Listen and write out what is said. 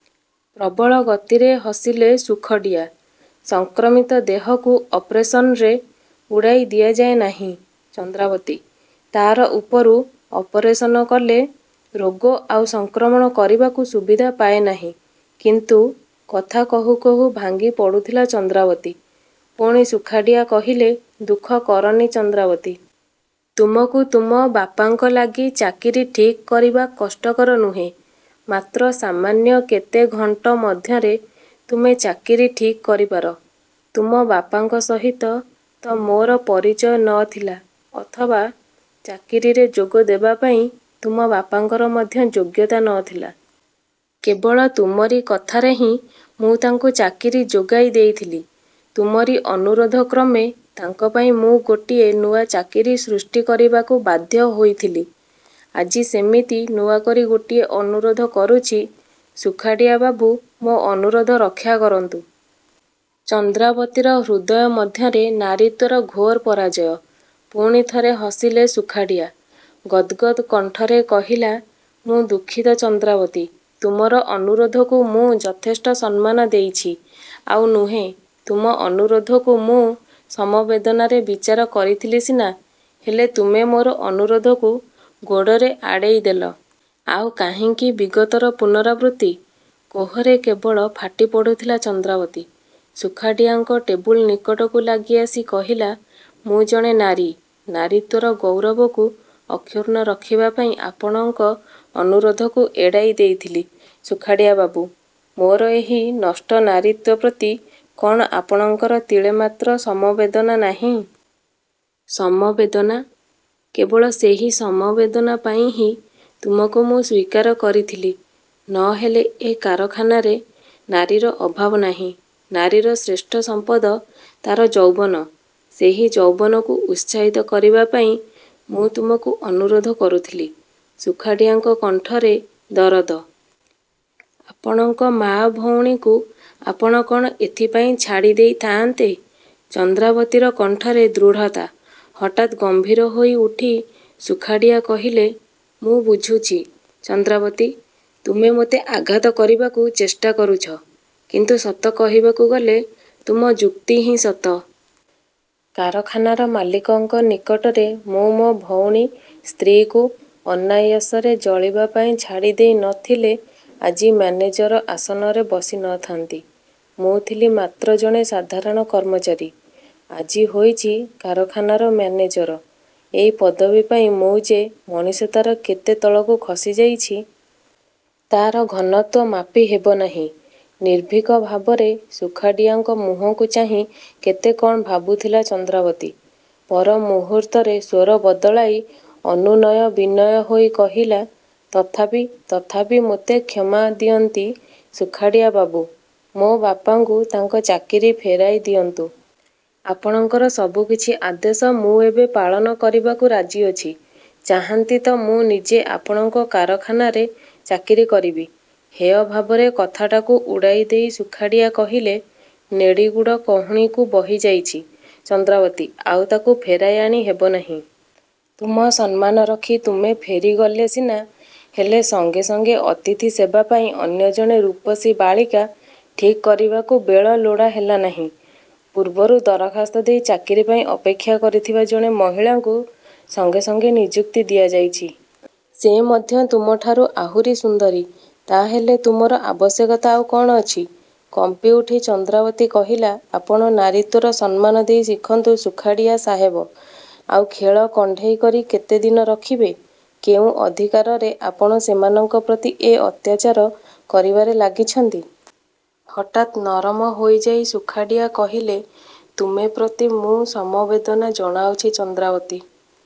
'' ପ୍ରବଳ ଗତିରେ ହସିଲେ ସୁଖଡ଼ିଆ-''ସଂକ୍ରମିତ ଦେହକୁ ଅପରେସନ୍ରେ ଉଡ଼ାଇ ଦିଆଯାଏ ନାହିଁ ଚନ୍ଦ୍ରାବତୀ। ତା'ର ଉପରୁ ଅପରେସନ କଲେ ରୋଗ ଆଉ ସଂକ୍ରମଣ କରିବାକୁ ସୁବିଧା ପାଏ। ନାହିଁ। '' 'କିନ୍ତୁ! ' କଥା କହୁ କହୁ ଭାଙ୍ଗି ପଡ଼ୁଥିଲା ଚନ୍ଦ୍ରାବତୀ। ପୁଣି ସୁଖାଡ଼ିଆ କହିଲେ-ଦୁଃଖ କରନି ଚନ୍ଦ୍ରାବତୀ। ତୁମକୁ ତୁମ ବାପାଙ୍କ ଲାଗି ଚାକିରୀ ଠିକ୍ କରିବା କଷ୍ଟକର ନୁହେଁ। ମାତ୍ର ସାମାନ୍ୟ କେତେ ଘଣ୍ଟ ମଧ୍ୟରେ ତୁମେ ଚାକିରୀ ଠିକ୍ କରିପାର। ତୁମ ବାପାଙ୍କ ସହିତ ତ ମୋର ପରିଚୟ ନ ଥିଲା-ଅଥବା ଚାକିରୀରେ ଯୋଗ ଦେବାପାଇଁ ତୁମ ବାପାଙ୍କର ମଧ୍ୟ ଯୋଗ୍ୟତା ନ ଥିଲା। କେବଳ ତୁମରି କଥାରେ ହିଁ ମୁଁ ତାଙ୍କୁ ଚାକିରୀ ଯୋଗାଇ ଦେଇଥିଲି। ତୁମରି ଅନୁରୋଧ କ୍ରମେ ତାଙ୍କପାଇଁ ମୁଁ ଗୋଟିଏ ନୂଆ ଚାକିରୀ ସୃଷ୍ଟି କରିବାକୁ ବାଧ୍ୟ୍ୟ ହୋଇଥିଲି। '' ''ଆଜି ସେମିତି ନୂଆ କରି ଗୋଟିଏ ଅନୁରୋଧ କରୁଛି ସୁଖାଡ଼ିଆ ବାବୁ! ମୋ ଅନୁରୋଧ ରକ୍ଷା କରନ୍ତୁ। '' ଚନ୍ଦ୍ରାବତୀର ହୃଦୟ ମଧ୍ୟରେ ନାରୀତ୍ୱର ଘୋର ପରାଜୟ। ପୁଣି ଥରେ ହସିଲେ ସୁଖାଡ଼ିଆ-ଗଦ୍ଗଦ୍ କଣ୍ଠରେ କହିଲା-''ମୁଁ ଦୁଃଖିତ ଚନ୍ଦ୍ରାବତୀ-। ତୁମର ଅନୁରୋଧକୁ ମୁଁ ଯଥେଷ୍ଟ ସମ୍ମାନ ଦେଇଛି। ଆଉ ନୁହେଁ। ତୁମ ଅନୁରୋଧକୁ ମୁଁ ସମବେଦନାରେ ବିଚାର କରିଥିଲି ସିନା-ହେଲେ ତୁମେ ମୋର ଅନୁରୋଧକୁ ଗୋଡ଼ରେ ଆଡ଼େଇ ଦେଲ। ଆଉ କାହିଁକି ବିଗତର ପୁନରାବୃତ୍ତି। '' କୋହରେ କେବଳ ଫାଟି ପଡ଼ୁଥିଲା ଚନ୍ଦ୍ରାବତୀ। ସୁଖାଡ଼ିଆଙ୍କ ଟେବୁଲ ନିକଟକୁ ଲାଗି ଆସି କହିଲା-''ମୁଁ ଜାଣେ ନାରୀ। ନାରୀତ୍ୱର ଗୌରବକୁ ଅକ୍ଷୁର୍ଣ୍ଣ ରଖିବା ପାଇଁ ଆପଣଙ୍କ ଅନୁରୋଧକୁ ଏଡ଼ାଇ ଦେଇଥିଲି ସୁଖାଡ଼ିଆ ବାବୁ! ମୋର ଏହି ନଷ୍ଟ ନାରୀତ୍ୱ ପ୍ରତି କ'ଣ ଆପଣଙ୍କର ତିଳେ ମାତ୍ର ସମବେଦନା ନାହିଁ? '' ''ସମବେଦନା? କେବଳ ସେହି ସମବେଦନା ପାଇଁ ହିଁ ତୁମକୁ ମୁଁ ସ୍ୱୀକାର କରିଥିଲି। ନ ହେଲେ ଏ କାରଖାନାରେ ନାରୀର ଅଭାବ ନାହିଁ। ନାରୀର ଶ୍ରେଷ୍ଠ ସମ୍ପଦ ତା'ର ଯୌବନ। ସେହି ଯୌବନକୁ ଉତ୍ସାହିତ କରିବାପାଇଁ ମୁଁ ତୁମକୁ ଅନୁରୋଧ କରୁଥିଲି। '' ସୁଖାଡ଼ିଆଙ୍କ କଣ୍ଠରେ ଦରଦ। ''ଆପଣଙ୍କ ମା.. ଭଉଣୀଙ୍କୁ ଆପଣ କ'ଣ ଏଥିପାଇଁ ଛାଡ଼ି ଦେଇ ଥାଆନ୍ତେ? '' ଚନ୍ଦ୍ରାବତୀର କଣ୍ଠରେ ଦୃଢ଼ତା। ହଠାତ୍ ଗମ୍ଭୀର ହୋଇ ଉଠି ସୁଖାଡ଼ିଆ କହିଲେ-''ମୁଁ ବୁଝୁଛି ଚନ୍ଦ୍ରାବତୀ! ତୁମେ ମୋତେ ଆଘାତ କରିବାକୁ ଚେଷ୍ଟା କରୁଛ। କିନ୍ତୁ ସତ କହିବାକୁ ଗଲେ ତୁମ ଯୁକ୍ତି ହିଁ ସତ। କାରଖାନାର ମାଲିକଙ୍କ ନିକଟରେ ମୁଁ ମୋ ଭଉଣୀ ସ୍ତ୍ରୀକୁ ଅନାୟାସରେ ଜଳିବା ପାଇଁ ଛାଡ଼ି ଦେଇ ନ ଥିଲେ ଆଜି ମ୍ୟାନେଜର ଆସନରେ ବସି ନ ଥାନ୍ତି। ମୁଁ ଥିଲି ମାତ୍ର ଜଣେ ସାଧାରଣ କର୍ମଚାରୀ। ଆଜି ହୋଇଛି କାରଖାନାର ମ୍ୟାନେଜର। ଏଇ ପଦବୀପାଇଁ ମୁଁ ଯେ ମଣିଷତାର କେତେ ତଳକୁ ଖସି ଯାଇଛି.. ତା'ର ଘନତ୍ୱ ମାପି ହେବନାହିଁ। '' ନିର୍ଭୀକ ଭାବରେ ସୁଖାଡ଼ିଆଙ୍କ ମୁହଁକୁ ଚାହିଁ କେତେ କ'ଣ ଭାବୁଥିଲା ଚନ୍ଦ୍ରାବତୀ। ପରମୁହୂର୍ତ୍ତରେ ସ୍ୱର ବଦଳାଇ ଅନୁନୟ ବିନୟ ହୋଇ କହିଲା ''ତଥାପି ତଥାପି ମୋତେ କ୍ଷମା ଦିଅନ୍ତି ସୁଖାଡ଼ିଆ ବାବୁ! ମୋ ବାପାଙ୍କୁ ତାଙ୍କ ଚାକିରୀ ଫେରାଇ ଦିଅନ୍ତୁ। ଆପଣଙ୍କର ସବୁ କିଛି ଆଦେଶ ମୁଁ ଏବେ ପାଳନ କରିବାକୁ ରାଜି ଅଛି। ଚାହାନ୍ତି ତ ମୁଁ ନିଜେ ଆପଣଙ୍କ କାରଖାନାରେ ଚାକିରୀ କରିବି। '' ହେୟ ଭାବରେ କଥାଟାକୁ ଉଡ଼ାଇ ଦେଇ ସୁଖାଡ଼ିଆ କହିଲେ-''ନେଡ଼ି ଗୁଡ଼ କହୁଣୀକୁ ବହିଯାଇଛି ଚନ୍ଦ୍ରାବତୀ। ଆଉ ତାକୁ ଫେରାଇ ଆଣି ହେବନାହିଁ। ତୁମ ସମ୍ମାନ ରଖି ତୁମେ ଫେରିଗଲେ ସିନା ହେଲେ ସଙ୍ଗେ ସଙ୍ଗେ ଅତିଥି ସେବାପାଇଁ ଅନ୍ୟ ଜଣେ ରୂପସୀ ବାଳିକା ଠିକ୍ କରିବାକୁ ବେଳ ଲୋଡ଼ା ହେଲାନାହିଁ। ପୂର୍ବରୁ ଦରଖାସ୍ତ ଦେଇ ଚାକିରୀ ପାଇଁ ଅପେକ୍ଷା କରିଥିବା ଜଣେ ମହିଳାଙ୍କୁ ସଙ୍ଗେ ସଙ୍ଗେ ନିଯୁକ୍ତି ଦିଆଯାଇଛି। ସେ ମଧ୍ୟ ତୁମ ଠାରୁ ଆହୁରି ସୁନ୍ଦରୀ। ତା' ହେଲେ ତୁମର ଆବଶ୍ୟକତା ଆଉ କ'ଣ ଅଛି? '' କମ୍ପିଉଠି ଚନ୍ଦ୍ରାବତୀ କହିଲା-''ଆପଣ ନାରୀତ୍ୱର ସମ୍ମାନ ଦେଇ ଶିଖନ୍ତୁ ସୁଖାଡ଼ିଆ ସାହେବ। ଆଉ ଖେଳ କଣ୍ଡେଇ କରି କେତେଦିନ ରଖିବେ? କେଉଁ ଅଧିକାରରେ ଆପଣ ସେମାନଙ୍କ ପ୍ରତି ଏ ଅତ୍ୟାଚାର କରିବାରେ ଲାଗିଛନ୍ତି? '' ହଠାତ୍ ନରମ ହୋଇଯାଇ ସୁଖାଡ଼ିଆ କହିଲେ-''ତୁମେ ପ୍ରତି ମୁଁ ସମବେଦନା ଜଣାଉଛି ଚନ୍ଦ୍ରାବତୀ।